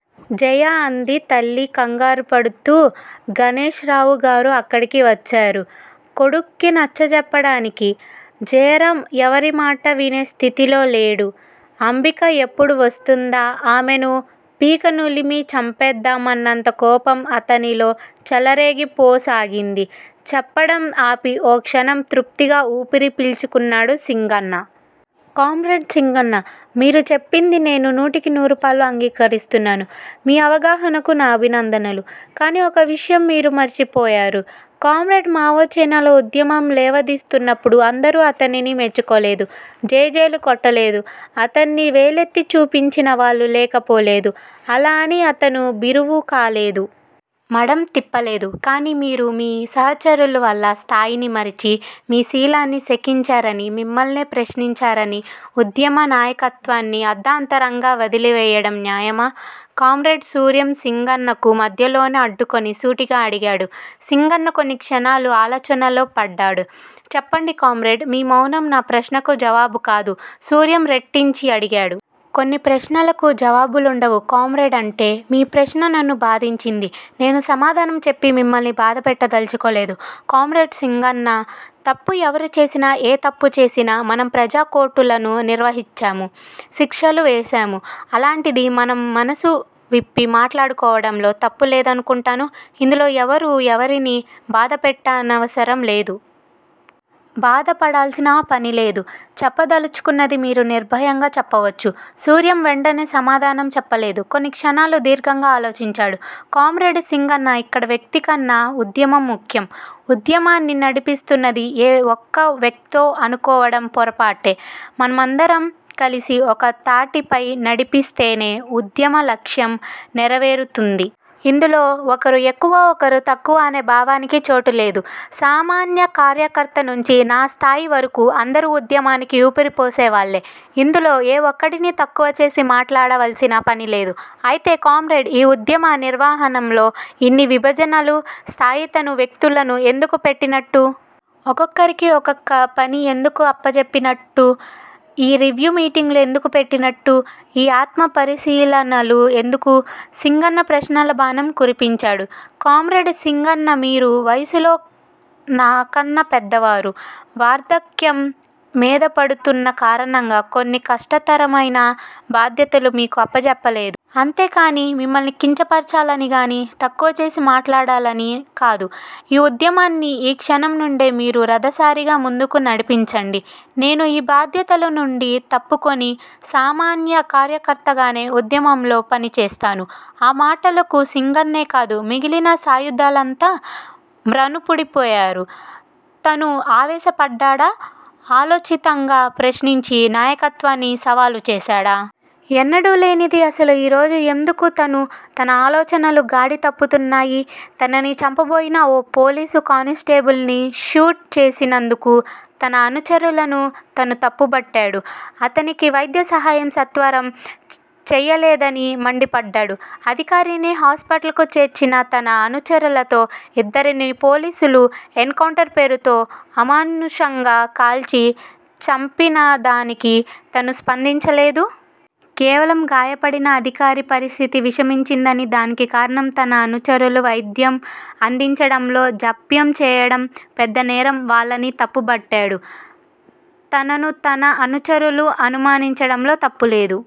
జయా! అంది తల్లి కంగారుపడుతూ, గణేశ్ రావు గారు అక్కడికి వచ్చారు, కొడుక్కి నచ్చచెప్పడానికి. జయరామ్ ఎవరిమాటా వినే స్థితిలో లేడు. అంబిక ఎప్పుడు వస్తుందా, ఆమెను పీకనులిమి చంపేద్దామన్నంత కోపం అతనిలో చెలరేగిపోసాగింది. చెప్పడం ఆపి ఓ క్షణం తృప్తిగా ఊపిరి పీల్చుకున్నాడు సింగన్న. కామ్రేడ్ సింగన్న మీరు చెప్పింది నేను నూటికి నూరుపాళ్ళు అంగీకరిస్తున్నాను. మీ అవగహానకు నా భినందనలు. కాని ఒక్క విషయం మీరు మరచిపోయారు. కామ్రేడ్ మావో చైనాలో ఉద్యమం లేవాదీస్తున్నప్పుడు అందరూ అతనిని మెచ్చుకోలేదు. జైజేలు కొట్టలేదు. అతన్ని వేలెత్తి చూపించిన వాళ్ళు లేకపోలేదు. అలా అని అతను భీరువుకాలేదు. మడం తిప్పలేదు. కానీ మీరు మీ సహచరులు వాళ్ళ స్థాయిని మరచి మీ శీలాన్ని శకించారని, మిమ్మల్నే ప్రశ్నించారని ఉద్యమ నాయకత్వాన్ని అర్దారంతరంగా వదిలివేయడం న్యాయమా? కామ్రేడ్ సూర్యం సింగన్నకు మధ్యలోనే అడ్డుకుని సూటిగా అడిగాడు. సింగన్న కొన్ని క్షణాలు ఆలోచనల్లో పడ్డాడు. చెప్పండి కామ్రేడ్ మీ మౌనం నా ప్రశ్నకు జవాబు కాదు సూర్యం రెట్టించి అడిగాడు. కొన్ని ప్రశ్నలకు జావాబులుండవు కామ్రేడ్ అంటే మీ ప్రశ్న నన్ను బాధించింది నేను సమాధానం చెప్పి మిమ్మల్ని బాధపెట్టదలచుకోలేదు కామ్రేడ్ సింగన్నా తప్పు ఎవరు చేసినా, ఏ తప్పుచేసినా మనం ప్రజాకోర్టులను నిర్వహించాము. శిక్షలు వేశాము. అలాంటిది మనం మనసు విప్పి మాట్లాడుకోవడంలో తప్పులేదనుకుంటాను. ఇందులో ఎవ్వరూ ఎవ్వరిని బాధపెట్టనవసరం లేదు. బాధపడాల్సిన పనిలేదు. చెప్పదలచుకుంది మీరు నిర్భయంగా చెప్పవచ్చు. సూర్యం వెంటనే సమాధానం చెప్పలేదు. కొన్నిక్షణాలు దీర్ఘంగా అలోచించాడు. కామ్రేడ్ సింగన్న ఇక్కడ వ్యక్తికన్నా ఉద్యమం ముఖ్యం. ఉద్యమాన్ని నడిపిస్తున్నది ఏ ఒక్క వ్యక్తో అనుకోవడం పొరపాటే! మనందరం కలసి ఒక తాటిపై నడిపిస్తేనే ఉద్యమ లక్ష్యం నెరవేరుతుంది. ఇందులో ఒకరు ఎక్కువ ఒకరు తక్కువ అనే భావనకి చోటు లేదు. సామాన్య కార్యకర్తనుంచి న స్థాయివరకు అందరూ ఉద్యమానికి ఊపిరిపోసేవాళ్ళే. ఇందరిలో ఏ ఒక్కడిని తక్కువచేసి మాట్లాడావలసిన పనిలేదు అయితే కామ్రేడ్ ఈ ఉద్యమ నిర్వహణంలో ఇన్ని విభజనులు, స్థాయితను వ్యక్తులను ఎందుకు పేట్టినట్టు? ఒక్కొక్కరికి ఒక్కొక్క పని ఎందుకు అప్పజెప్పి నట్టు? ఈ రివ్యూ మీటింగులు ఎందుకు పెట్టినట్టు? ఈ ఆత్మ పరీశీలనలు ఎందుకు? సింగన్న ప్రశ్నల బాణం కురిపించాడు. కామ్రేడ్ సింగన్న మీరు వయసులో నాకన్నా పెద్దవారు వార్ధక్యం మీదపడుతున్న కారణంగా కొన్ని కష్టతరమైన బాధ్యతలు మీకు అప్పజెప్పలేదు. అంతేకాని మిమ్మల్ని కించపరచాలనిగాని, తక్కువచేసి మాట్లాడాలని కాదు. ఈ ఉద్యమాన్ని ఈ క్షణం నుండే మీరు రధసారిధిగా ముందుకు నడిపించండి. నేను ఈ బాధ్యతల నుండి తప్పుకుని సామాన్య కార్యకర్తగానే ఉద్యమంలో పనిచేస్తాను ఆ మాటలకు సింగన్నేకాదు. మిగిలిన సాయుధలంతా మ్రాన్పుడిపోయారు. తను ఆవేశపడ్డాడా? అనాలోచితంగా ప్రశ్నించి నాయకత్వన్ని సవాలు చేశాడా? ఎన్నడూ లేనిది అసలు ఈ రోజు ఎమ్దుకు తను, తన ఆలోచనలు గాడి తప్పుతున్నాయి. తనని చంపబోయిన ఓ పోలీసు కానిస్టేబుల్ ని ఘాట్ చేసినందుకు తన అనుచరులను తను తప్పుబట్టాడు. అతనికి వైద్య సహాయం సత్వరం చేయలేదని మండిపడ్డాడు. అధికారిని హాస్పిటల్ కు చేర్చిన తన అనుచరులతో ఇద్దరినీ పోలీసులు ఎన్ కౌంటర్ పేరుతో అమానుషంగా కాల్చి చంపినాదానికి తను స్పందించలేదు. కేవలం గయాపడిన అధికారి పరిస్థితి విషమించిందని, దానికి కారణం తన అనుచరులు వైద్యం అందించడంలో జాప్యంచేయడం పెద్దనేరం వాళ్ళని తప్పుబట్టాడు. తనను తన అనుచరులు అనుమానించడంలో తప్పులేదు